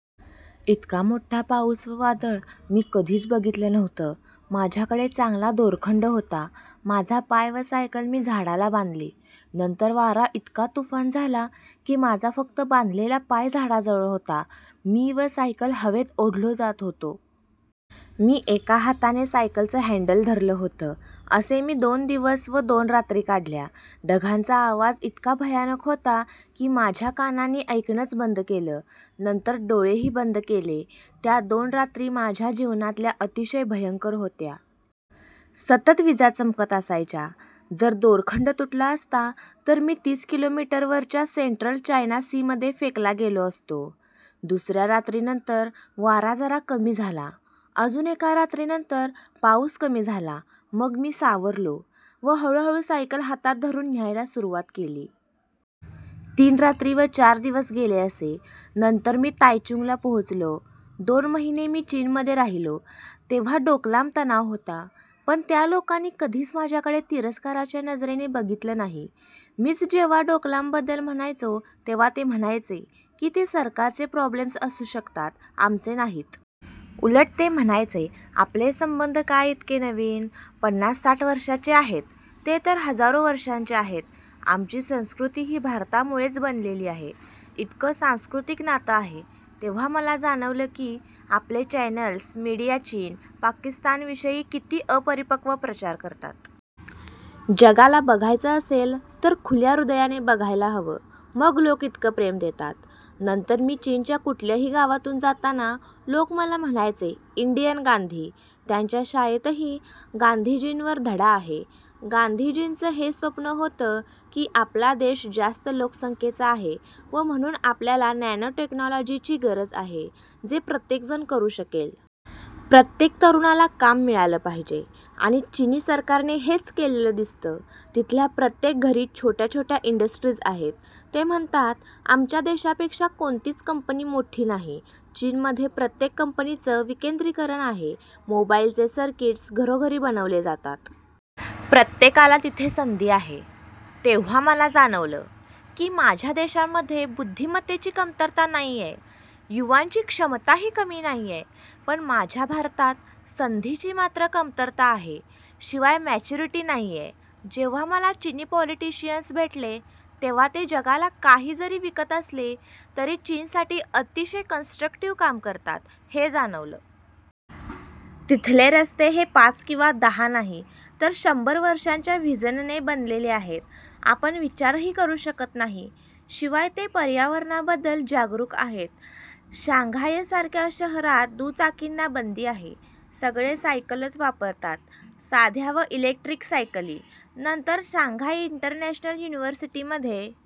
इतका मोठा पाऊस व वादळ मी कधीच बघितलं नव्हतं. माझ्याकडे चांगला दोरखंड होता. माझा पाय व सायकल मी झाडाला बांधली. नंतर वारा इतका तुफान झाला की, माझा फक्त बांधलेला पाय झाडाजवळ होता. मी व सायकल हवेत ओढलो जात होतो. मी एका हाताने सायकलचं हँडल धरलं होतं. असे मी दोन दिवस व दोन रात्री काढल्या. ढगांचा आवाज इतका भयानक होता की, माझ्या कानांनी ऐकणंच बंद केलं. नंतर डोळेही बंद केले. त्या दोन रात्री माझ्या जीवनातल्या अतिशय भयंकर होत्या. सतत वीजा चमकत असायच्या. जर दोरखंड तुटला असता तर मी तीस किलोमीटरवरच्या सेंट्रल चायना सीमध्ये फेकला गेलो असतो. दुसऱ्या रात्रीनंतर वारा जरा कमी झाला. अजून एका रात्रीनंतर पाऊस कमी झाला. मग मी सावरलो व हळूहळू सायकल हातात धरून न्यायला सुरुवात केली. तीन रात्री व चार दिवस गेले असे. नंतर मी तायचुंगला पोहोचलो. दोन महिने मी चीनमध्ये राहिलो. तेव्हा डोकलाम तणाव होता. पण त्या लोकांनी कधीच माझ्याकडे तिरस्काराच्या नजरेने बघितलं नाही. मीच जेव्हा डोकलामबद्दल म्हणायचो, तेव्हा ते म्हणायचे की ते सरकारचे प्रॉब्लेम्स असू शकतात, आमचे नाहीत. उलट ते म्हणायचे, आपले संबंध काय इतके नवीन, पन्नास साठ वर्षांचे आहेत? ते तर हजारो वर्षांचे आहेत. आमची संस्कृतीही भारतामुळेच बनलेली आहे. इतकं सांस्कृतिक नातं आहे. तेव्हा मला जाणवलं की, आपले चॅनल्स, मीडिया चीन, पाकिस्तानविषयी किती अपरिपक्व प्रचार करतात. जगाला बघायचं असेल तर खुल्या हृदयाने बघायला हवं, मग लोक इतकं प्रेम देतात. नंतर मी चीनच्या कुठल्याही गावातून जाताना लोक मला म्हणायचे, इंडियन, गांधी? त्यांच्या शाळेतही गांधीजींवर धडा आहे. गांधीजींचं जे स्वप्न होतं की, आपला देश जास्त लोकसंख्येचा आहे व म्हणून आपल्याला नॅनो टेक्नॉलॉजीची गरज आहे जे प्रत्येक जण करू शकेल. प्रत्येक तरुणाला काम मिळालं पाहिजे. आणि चिनी सरकारने हेच केलेलं दिसतं. तिथल्या प्रत्येक घरी छोट्या छोट्या इंडस्ट्रीज आहेत. ते म्हणतात आमच्या देशापेक्षा कोणतीच कंपनी मोठी नाही. चीनमध्ये प्रत्येक कंपनीचं विकेंद्रीकरण आहे. मोबाईलचे सर्किट्स घरोघरी बनवले जातात. प्रत्येकाला तिथे संधी आहे. तेव्हा मला जाणवलं की, माझ्या देशामध्ये बुद्धिमत्तेची कमतरता नाहीय, युवांची क्षमताही कमी नाहीय. पण माझ्या भारतात संधींची मात्र कमतरता आहे. शिवाय मॅच्युरिटी नाहीय. जेव्हा मला चिनी पॉलिटिशिअन्स भेटले, तेव्हा ते जगाला काही जरी विकत असले तरी चीनसाठी अतिशय कन्स्ट्रक्टिव्ह काम करतात, हे जाणवलं. तिथले रस्ते हे पाच किंवा दहा नाही तर शंभर वर्षांच्या व्हिजनने बनलेले आहेत. आपण विचारही करू शकत नाही. शिवाय ते पर्यावरणाबद्दल जागरूक आहेत. शांघायसारख्या शहरात दुचाकींना बंदी आहे. सगळे सायकलच वापरतात. साध्या व इलेक्ट्रिक सायकली. नंतर शांघाय इंटरनॅशनल युनिव्हर्सिटीमध्ये